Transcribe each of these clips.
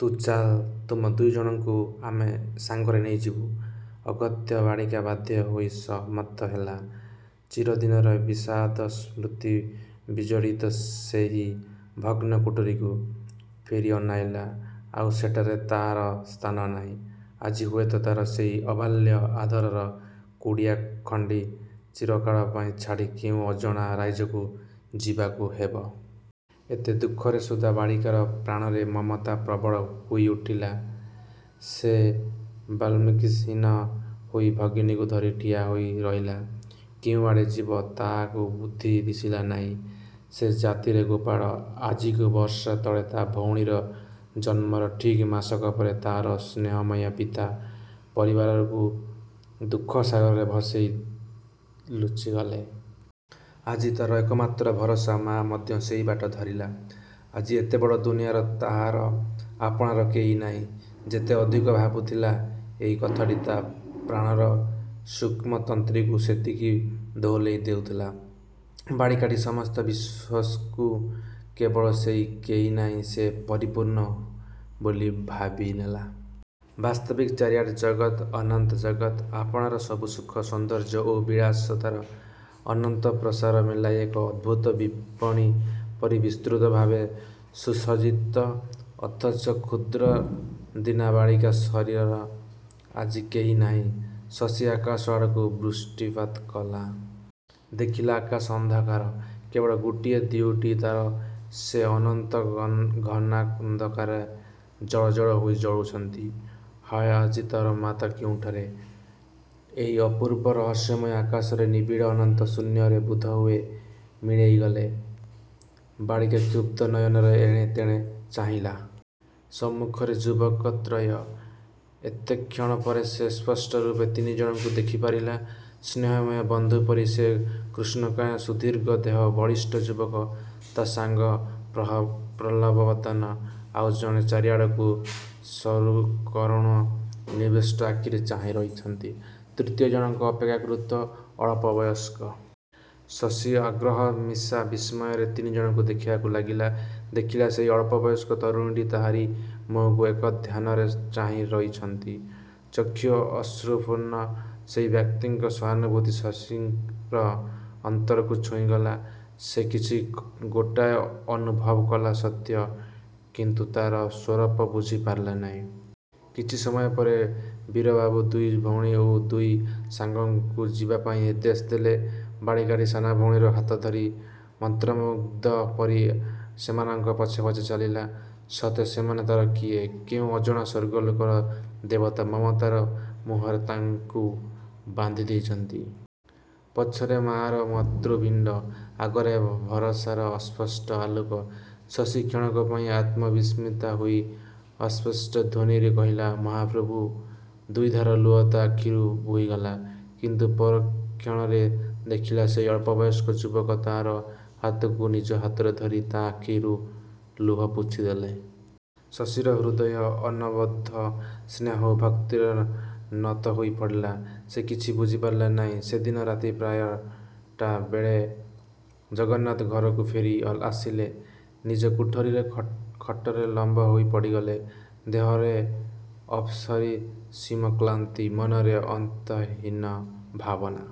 ତୁ ଚାଲ୍। ତୁମ ଦୁଇଜଣଙ୍କୁ ଆମେ ସାଙ୍ଗରେ ନେଇଯିବୁ। " ଅଗତ୍ୟା ବାଳିକା ବାଧ୍ୟ ହୋଇ ସମ୍ମତ ହେଲା। ଚିରଦିନର ବିଷାଦ-ସ୍ମୃତିବିଜଡ଼ିତ ସେହି ଭଗ୍ନ କୁଟୀରକୁ। ଫେରି ଅନାଇଲା। ଆଉ ସେଠାରେ ତାହାର ସ୍ଥାନ ନାହିଁ। ଆଜି ହୁଏତ ତାର ସେହି ଆବାଲ୍ୟ ଆଦରର କୁଡ଼ିଆ ଖଣ୍ଡି ଚିରକାଳ ପାଇଁ ଛାଡ଼ି କେଉଁ ଅଜଣା ରାଇଜକୁ ଯିବାକୁ ହେବ। ଏତେ ଦୁଃଖରେ ସୁଦ୍ଧା ବାଳିକାର ପ୍ରାଣରେ ମମତା ପ୍ରବଳ ହୋଇ ଉଠିଲା। ସେ ବାକ୍ଶକ୍ତିହୀନ ହୋଇ ଭଗ୍ନୀକୁ ଧରି ଠିଆ ହୋଇ ରହିଲା। କେଉଁ ଆଡ଼େ ଯିବ ତାହାକୁ ବୁଦ୍ଧି ଦିଶିଲା ନାହିଁ। ସେ ଜାତିରେ ଗୋପାଳ। ଆଜିକୁ ବର୍ଷ ତଳେ ତା' ଭଉଣୀର ଜନ୍ମର ଠିକ୍ ମାସକ ପରେ ତାହାର ସ୍ନେହମୟ ପିତା ପରିବାରକୁ ଦୁଃଖସାଗରରେ ଭସେଇ ଲୁଚିଗଲେ। ଆଜି ତାର ଏକମାତ୍ର ଭରସା ମାଆ ମଧ୍ୟ ସେହି ବାଟ ଧରିଲା। ଆଜି ଏତେବଡ଼ ଦୁନିଆଁରେ ତାହାର ଆପଣାର କେହି ନାହିଁ। ଯେତେ ଅଧିକ ଭାବୁଥିଲା ଏଇ କଥାଟି ତା' ପ୍ରାଣର ସୂକ୍ଷ୍ମତନ୍ତ୍ରୀକୁ ସେତିକି ଦୋହଲେଇ ଦେଉଥିଲା। ବାଳିକାଟି ସମସ୍ତ ବିଶ୍ୱକୁ କେବଳ ସେହି 'କେହିନାହିଁ' ସେ ପରିପୂର୍ଣ୍ଣ ବୋଲି ଭାବିନେଲା। ବାସ୍ତବିକ୍ ଚାରି ଆଡ଼େ ଜଗତ୍, ଅନନ୍ତ ଜଗତ୍। ଆପଣାର ସବୁ ସୁଖ, ସୌନ୍ଦର୍ଯ୍ୟ ଓ ବିଳାସିତାର ଅନନ୍ତ ପ୍ରସାର ମେଲାଇ ଏକ ଅଦ୍ଭୁତ ବିପଣି ପରି ବିସ୍ତୃତଭାବେ ସୁସଜ୍ଜିତ। ଅଥଚ କ୍ଷୁଦ୍ର ଦୀନା ବାଳିକା ଶଶୀର ଆଜି କେହି ନାହିଁ। ଶଶୀ ଆକାଶ ଆଡ଼କୁ ଦୃଷ୍ଟିପାତ କଲା। ଦେଖିଲା ଆକାଶ ଅନ୍ଧକାର। କେବଳ ଗୋଟିଏ ଦିଓଟି ତାରା ସେ ଅନନ୍ତ ଘନାନ୍ଧକାରରେ ଜଳଜଳ ହୋଇ ଜଳୁଚନ୍ତି। ହାୟ ଆଜି ତାର ମାତା କେଉଁଠାରେ? ଏହି ଅପୂର୍ବ ରହସ୍ୟମୟ ଆକାଶର ନିବିଡ଼ ଅନନ୍ତ ଶୂନ୍ୟରେ ବୋଧହୁଏ ମିଳାଇଗଲେ। ବାଳିକା କ୍ଷୁବ୍ଧ ନୟନରେ ଏଣେ ତେଣେ ଚାହିଁଲା। ସମ୍ମୁଖରେ ଯୁବକତ୍ରୟ। ଏତେକ୍ଷଣ ପରେ ସେ ସ୍ପଷ୍ଟ ରୂପେ ତିନିଜଣଙ୍କୁ ଦେଖି ପାରିଲା। ସ୍ନେହମୟ ବନ୍ଧୁ ପରି ସେହି କୃଷ୍ଣକାୟ ସୁଦୀର୍ଘ ଦେହ ବଳିଷ୍ଠ ଯୁବକ। ତାଙ୍କ ସାଙ୍ଗ ପ୍ରଫୁଲ୍ଲବଦନ, ଆଉ ଜଣେ ତାରିଆଡ଼କୁ ସକରୁଣ ନିବିଷ୍ଟ ଆଖିରେ ଚାହିଁ ରହିଛନ୍ତି। ତୃତୀୟ ଜଣକ ଅପେକ୍ଷାକୃତ ଅଳ୍ପବୟସ୍କ। ଶଶୀ ଆଗ୍ରହ ମିଶା ବିସ୍ମୟରେ ତିନିଜଣଙ୍କୁ ଦେଖିବାକୁ ଲାଗିଲା। ଦେଖିଲା ସେହି ଅଳ୍ପ ବୟସ୍କ ତରୁଣଟି ତାହାରି ମୁହଁକୁ ଏକଧ୍ୟାନରେ ଚାହିଁ ରହିଚନ୍ତି। ଚକ୍ଷୁ ଅଶ୍ରୁପର୍ଣ୍ଣ। ସେହି ଅବ୍ୟକ୍ତି ସହାନୁଭୂତି ଶଶୀର ଅନ୍ତରକୁ ଛୁଇଁଗଲା। ସେ କିଛି ଗୋଟାଏ ଅନୁଭବ କଲା ସତ୍ୟ; କିନ୍ତୁ ତାର ସ୍ୱରୂପ ବୁଝି ପାରିଲାନି। କିଛି ସମୟ ପରେ ବୀରବାବୁ ଦୁଇ ଭଉଣୀ ଓ ଦୁଇ ସାଙ୍ଗଙ୍କୁ ଯିବାପାଇଁ ନିର୍ଦ୍ଦେଶ ଦେଲେ। ବାଳିକାଟି ସାନଭଉଣୀର ହାତଧରି ମନ୍ତ୍ରମୁଗ୍ଧ ପରି ସେମାନଙ୍କ ପଛେ ପଛେ ଚାଲିଲା। ସତେ, ସେମାନେ ତାର କିଏ? କେଉଁ ଅଜଣା ସ୍ୱର୍ଗଲୋକର ଦେବତା। ମମତାର ମୋହରେ ତାକୁ ବାନ୍ଧିଦେଇଚନ୍ତି। ପଛରେ ମାଆର ମୃତପିଣ୍ଡ। ଆଗରେ ଭରସାର ଅସ୍ପଷ୍ଟ ଆଲୋକ। ଶଶୀ କ୍ଷଣକ ପାଇଁ ଆତ୍ମବିସ୍ମୃତା ହୋଇ ଅସ୍ଫୁଟ ଧ୍ୱନିରେ କହିଲା "ମହାପ୍ରଭୁ! " ଦୁଇଧାର ଲୁହ ତା' ଆଖିରୁ ବୋହିଗଲା। କିନ୍ତୁ ପରକ୍ଷଣରେ ଦେଖିଲା, ସେହି ଅଳ୍ପବୟସ୍କ ଯୁବକ ତାହାର ହାତକୁ ନିଜ ହାତରେ ଧରି ତା' ଆଖିରୁ ଲୁହ ପୋଛିଦେଲେ। ଶଶୀର ହୃଦୟ ଅନବବୋଧ୍ୟ ସ୍ନେହ ଓ ଭକ୍ତିରେ ନତ ହୋଇପଡ଼ିଲା। ସେ କିଛି ବୁଝି ପାରିଲା ନାହିଁ। ସେଦିନ ରାତି ପ୍ରାୟ ଟା ବେଳେ ଜଗନ୍ନାଥ ଘରକୁ ଫେରି ଆସିଲେ। ନିଜ କୋଠରୀର ଖଟରେ ଲମ୍ବହୋଇ ପଡ଼ିଗଲେ। ଦେହରେ ଅପରିସୀମ କ୍ଳାନ୍ତି, ମନରେ ଅନ୍ତହୀନ ଭାବନା।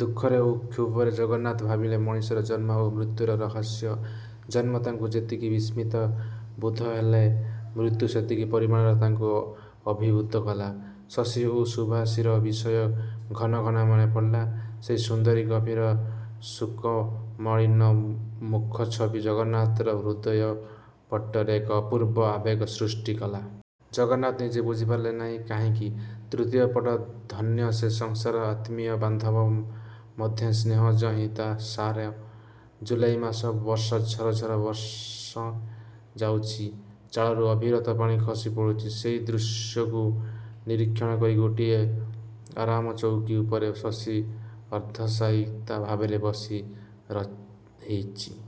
ଦୁଃଖରେ ଓ କ୍ଷୋଭରେ ଜଗନ୍ନାଥ ଭାବିଲେ ମଣିଷର ଜନ୍ମ ଓ ମୃତ୍ୟୁର ରହସ୍ୟ। ଜନ୍ମ ତାଙ୍କୁ ଯେତିକି ବିସ୍ମିତ ବୋଧହେଲା, ମୃତ୍ୟୁ ସେତିକି ପରିମାଣରେ ତାଙ୍କୁ ଅଭିଭୂତ କଲା। ଶଶୀ ଓ ସୁବାସୀର ବିଷୟ ଘନ ଘନ ମନେପଡ଼ିଲା। ସେହି ସୁନ୍ଦରୀର ଗଭୀର ଶୋକମଳିନ ମୁଖଚ୍ଛବି ଜଗନ୍ନାଥର ହୃଦୟପଟ୍ଟରେ ଏକ ଅପୂର୍ବ ଆବେଗ ସୃଷ୍ଟି କଲା। ଜଗନ୍ନାଥ ନିଜେ ବୁଝିପାରିଲେ ନାହିଁ କାହିଁକି? ତୃତୀୟ ପଟ ଧନ୍ୟ ସେ ସଂସାର ଆତ୍ମୀୟ ବାନ୍ଧବ ମଧ୍ୟେ ସ୍ନେହ ଯହିଁ ସାର। ଜୁଲାଇ ମାସ। ବର୍ଷା ଝର ଝର ବର୍ଷି ଯାଉଛି। ଚାଳରୁ ଅବିରତ ପାଣି ଖସି ପଡ଼ୁଛି। ସେଇ ଦୃଶ୍ୟକୁ ନିରୀକ୍ଷଣ କରି ଗୋଟିଏ ଆରାମଚଉକି ଉପରେ ଶଶୀ ଅର୍ଦ୍ଧଶାୟିତା ଭାବରେ ବସି ରହିଚି-।